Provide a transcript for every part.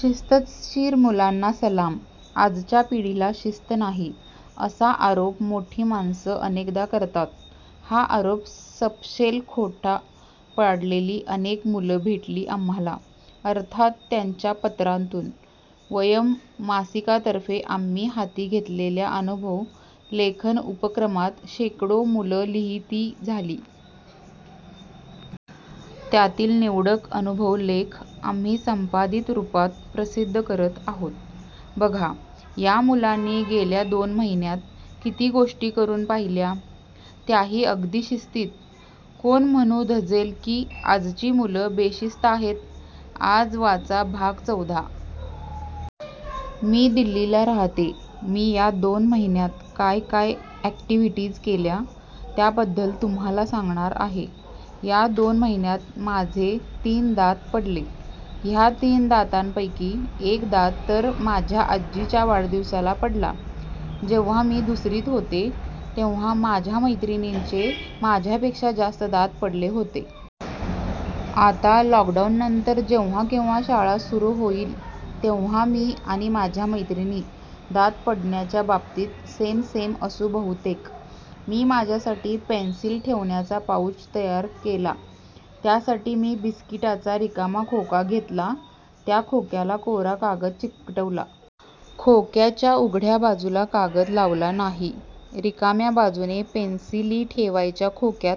शिस्तशीर मुलांना सलाम. आजच्या पिढीला शिस्त नाही, असा आरोप मोठी माणसं अनेकदा करतात. हा आरोप सपशेल खोटा पाडलेली अनेक मुलं भेटली आम्हांला, अर्थात त्यांच्या पत्रांतून. वयम् मासिकातर्फे आम्ही हाती घेतलेल्या अनुभव लेखन उपक्रमात शेकडो मुलं लिहिती झाली. त्यातील निवडक अनुभव लेख आम्ही संपादित रूपात प्रसिद्ध करत आहोत. बघा, या मुलांनी गेल्या दोन महिन्यांत किती गोष्टी करून पाहिल्या, त्याही अगदी शिस्तीत. कोण म्हणू धजेल की आजची मुलं बेशिस्त आहेत? आज वाचा भाग चौदा. मी दिल्लीला राहते. मी या दोन महिन्यांत काय काय ऍक्टिव्हिटीज केल्या, त्याबद्दल तुम्हांला सांगणार आहे. या दोन महिन्यांत माझे तीन दात पडले. ह्या तीन दातांपैकी एक दात तर माझ्या आजीच्या वाढदिवसाला पडला. जेव्हा मी दुसरीत होते, तेव्हा माझ्या मैत्रिणींचे माझ्यापेक्षा जास्त दात पडले होते. आता लॉकडाऊननंतर जेव्हा केव्हा शाळा सुरू होईल तेव्हा मी आणि माझ्या मैत्रिणी दात पडण्याच्या बाबतीत सेम सेम असू बहुतेक. मी माझ्यासाठी पेन्सिल ठेवण्याचा पाऊच तयार केला. त्यासाठी मी बिस्किटाचा रिकामा खोका घेतला. त्या खोक्याला कोरा कागद चिकटवला. खोक्याच्या उघड्या बाजूला कागद लावला नाही. रिकाम्या बाजूने पेन्सिली ठेवायच्या खोक्यात.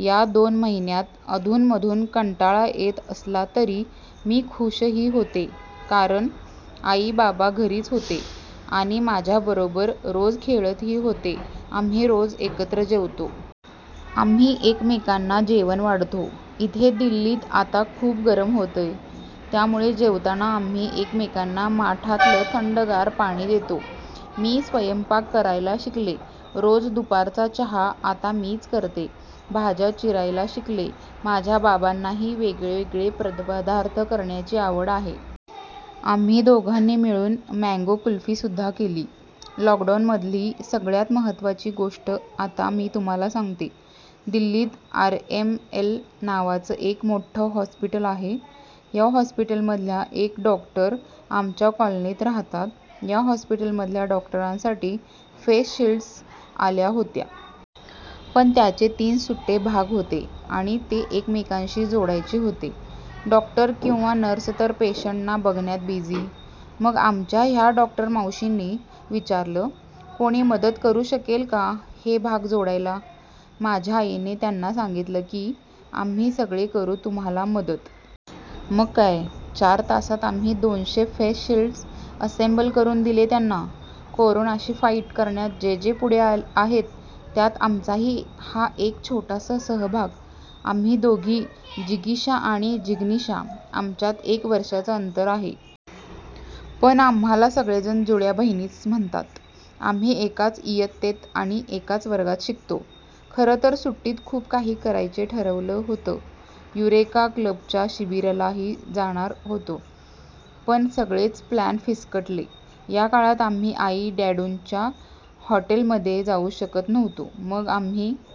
या दोन महिन्यांत अधूनमधून कंटाळा येत असला तरी मी खूशही होते. कारण, आई बाबा घरीच होते आणि माझ्याबरोबर रोज खेळतही होते. आम्ही रोज एकत्र जेवतो. आम्ही एकमेकांना जेवण वाढतो. इथे दिल्लीत आता खूप गरम होतंय, त्यामुळे जेवताना आम्ही एकमेकांना माठातलं थंडगार पाणी देतो. मी स्वयंपाक करायला शिकले. रोज दुपारचा चहा आता मीच करते. भाज्या चिरायला शिकले. माझ्या बाबांनाही वेगवेगळे पदार्थ करण्याची आवड आहे. आम्ही दोघांनी मिळून मँगो कुल्फीसुद्धा केली. लॉकडाऊनमधली सगळ्यात महत्त्वाची गोष्ट आता मी तुम्हांला सांगते. दिल्लीत आरएमएल नावाचं एक मोठ्ठं हॉस्पिटल आहे. या हॉस्पिटलमधल्या एक डॉक्टर आमच्या कॉलनीत राहतात. या हॉस्पिटलमधल्या डॉक्टरांसाठी फेस शिल्ड्स आल्या होत्या. पण त्याचे तीन सुटे भाग होते आणि ते एकमेकांशी जोडायचे होते. डॉक्टर किंवा नर्स तर पेशंटना बघण्यात बिझी. मग आमच्या ह्या डॉक्टर मावशींनी विचारलं, कोणी मदत करू शकेल का हे भाग जोडायला? माझ्या आईने त्यांना सांगितलं की आम्ही सगळे करू तुम्हांला मदत. मग काय? चार तासांत आम्ही दोनशे फेस शिल्ड असेम्बल करून दिले त्यांना. करोनाशी फाईट करण्यात जे जे पुढे आहेत, त्यात आमचाही हा एक छोटासा सहभाग. आम्ही दोघी जिगीषा आणि जिग्नीषा. आमच्यात एक वर्षाचं अंतर आहे. पण आम्हांला सगळेजण जुळ्या बहिणीच म्हणतात. आम्ही एकाच इयत्तेत आणि एकाच वर्गात शिकतो. खरंतर सुट्टीत खूप काही करायचे ठरवलं होतं. युरेका क्लबच्या शिबिरालाही जाणार होतो. पण सगळेच प्लॅन फिस्कटले. या काळात आम्ही आई डॅडूच्या हॉटेलमध्येही जाऊ शकत नव्हतो. मग आम्ही